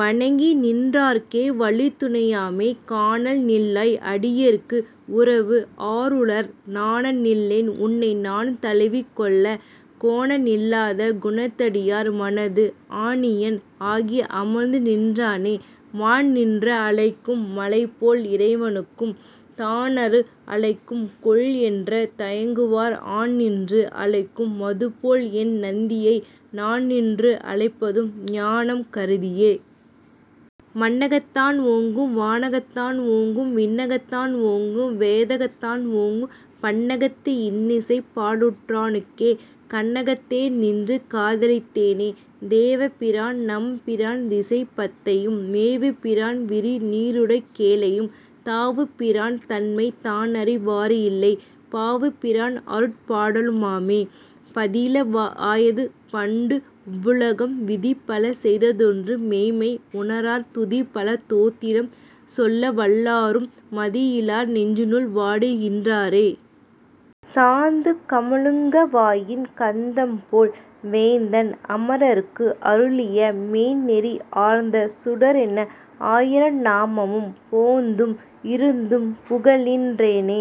வணங்கிநின் றார்க்கே வழித்துணை யாமே. காணநில் லாய்அடி யேற்குஉறவுஆருளர் நாணநில் லேன்உன்னை நான்தழு விக்கொளக் கோணநில் லாத குணத்தடி யார்மனத்து ஆணியன் ஆகி அமர்ந்துநின் றானே. வான்நின்று அழைக்கும் மழைபோல் இறைவனும் தானினறு அழைக்கும்கொல் என்று தயங்குவார் ஆன்நின்று அழைக்கு மதுபோல்என் நந்தியை நான்நின்று அழைப்பது ஞானம் கருதியே. மண்ணகத் தான்ஒக்கும் வானகத் தான்ஒக்கும் விண்ணகத் தான்ஒக்கும் வேதகத் தான்ஒக்கும் பண்ணகத்து இன்னிசை பாடலுற் றானுக்கே கண்ணகத் தேநின்று காதலித் தேனே. தேவர் பிரான்நம் பிரான்திசை பத்தையும் மேவு பிரான்விரி நீருலகேழையும் தாவு பிரான்தன்மை தானறி வாரில்லை பாவு பிரான்அருட் பாடலு மாமே. பதிபல வாயது பண்டுஇவ் வுலகம் விதிபல செய்தொன்றும் மெய்ம்மை உணரார் துதிபல தோத்திரம் சொல்ல வல்லாரும் மதியிலர் நெஞ்சினுள் வாடுகின் றாரே. சாந்து கமழுங் கவாயின் கந்தம்போல் வேந்தன் அமரர்க்கு அருளிய மெய்ந்நெறி ஆர்ந்த சுடரன்ன ஆயிர நாமமும் போந்தும் இருந்தும் புகழுகின் றேனே.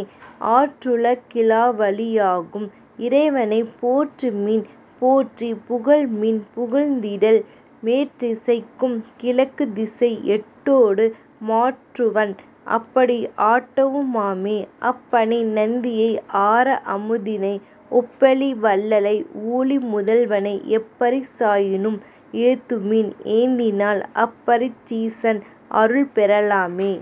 ஆற்றுகி லாவழி யாகும் இறைவனைப் போற்றுமின் போற்றிப் புகழ்மின் புகழ்ந்திடில் மேற்றிசைக் கும்கிழக் குத்திசை எட்டொடு மாற்றுவன் அப்படி ஆட்டவு மாமே. அப்பனை நந்தியை ஆரா அமுதினை ஒப்பிலி வள்ளலை ஊழி முதல்வனை எப்பரி சாயினும் ஏத்துமின் ஏத்தினால் அப்பரி சீசன் அருள்பெற லாமே.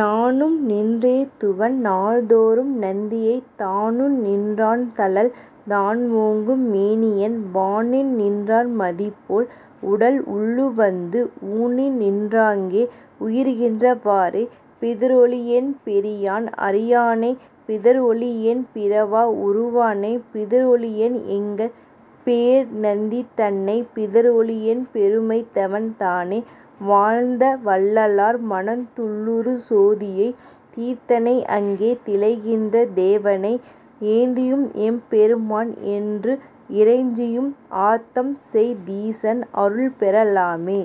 நானும்நின் றேத்துவன் நாள்தொறும் நந்தியைத் தானும்நின் றான்தழல் தான்ஒக்கும் மேனியன் வானில்நின் றார்மதி போல்உடல் உள்ளுவந்து ஊனில்நின் றாங்கே உயிர்க்கின்ற வாறே. பிதற்றொழி யேன்பெரி யான்அரி யானைப் பிதற்றொழி யேன்பிற வாஉரு வானைப் பிதற்றொழி யேன்எங்கள் பேர்நந்தி தன்னைப் பிதற்றொழி யேன்பெரு மைத்தவன் தானே. வாழ்த்தவல் லார்மனத் துள்ளுறு சோதியைத் தீர்த்தனை அங்கே திளைக்கின்ற தேவனை ஏத்தியும் எம்பெரு மான்என்றுஇறைஞ்சியும் ஆத்தம் செய் தீசன் அருள்பெற லாமே.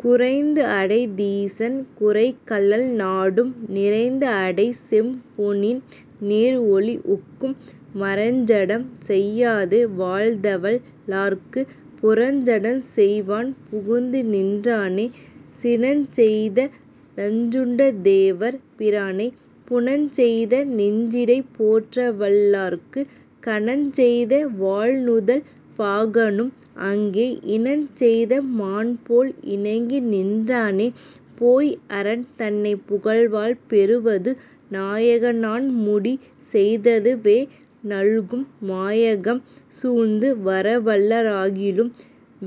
குறைந்துஅடைந் தீசன் குரைகழல் நாடும் நிறைந்துஅடை செம்பொனின் நேர்ஒளி ஒக்கும் மறைஞ்சடம் செய்யாது வாழ்த்தவல் லார்க்குப் புறஞ்சடம் செய்வான் புகுந்துநின் றானே. சினஞ்செய்த நஞ்சுண்ட தேவர் பிரானைப் புனஞ்செய்த நெஞ்சிடை போற்றவல் லார்க்குக் கனஞ்செய்த வாள்நுதல் பாகனும் அங்கே இனஞ்செய்த மான்போல் இணங்கிநின் றானே. போய்அரன் தன்னைப் புகழ்வார் பெறுவது நாயக னான்முடி செய்தது வேநல்கும் மாயகம் சூழ்ந்து வரவல்ல ராகிலும்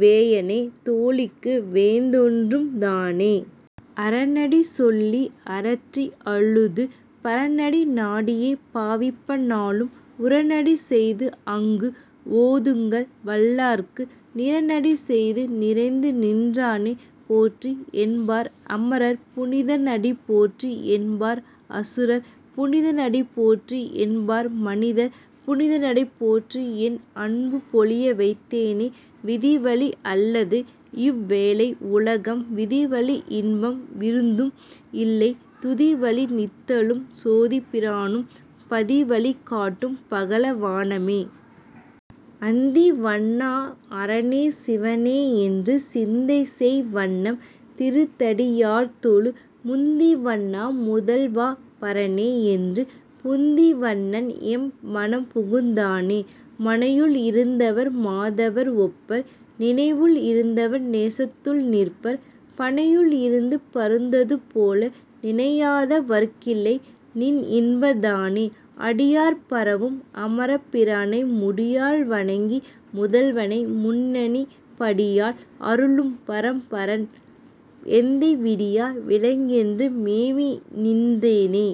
வேயன தோளிக்கு வேந்தொன்றும் தானே. அரனடி சொல்லி அரற்றி அழுது பரனடி நாடியே பாவிப்ப நாளும் உரன்அடி செய்துஅங்கு ஓதுங்கவல் லார்க்கு நிரன்அடி செய்து நிறைந்துநின் றானே. போற்றிஎன் பார்அம ரர்புனி தன்அடி போற்றிஎன் பார்அசு ரர்புனி தன்அடி போற்றிஎன் பார்மனி தர்புனி தன்அடி போற்றிஎன் அன்புள் பொலியவைத் தேனே. விதிவழி அல்லதுஇவ் வேலை உலகம் விதிவழி இன்பம் விருத்தமும் இல்லை துதிவழி நித்தலும் சோதிப் பிரானும் பதிவழி காட்டும் பகலவ னாமே. அந்திவண் ணாஅர னேசிவ னேஎன்று சிந்தைசெய் வண்ணம் திருந்தடி யார்தொழ முந்திவண் ணாமுதல் வாபர னேஎன்று புந்தி வண்ணன்எம் மனம்புகுந் தானே. மனையுள் இருந்தவர் மாதவர் ஒப்பர் நினைவுள் இருந்தவர் நேசத்துள் நிற்பர் பனையுள் இருந்த பருந்தது போல நினையாத வர்க்கில்லை நின்இன்பந் தானே. அடியார் பரவும் அமரர் பிரானை முடியால் வணங்கி முதல்வனை முன்னிப் படியால் அருளும் பரம்பரன் எந்தை விடியா விளக்கென்று மேவிநின் றேனே.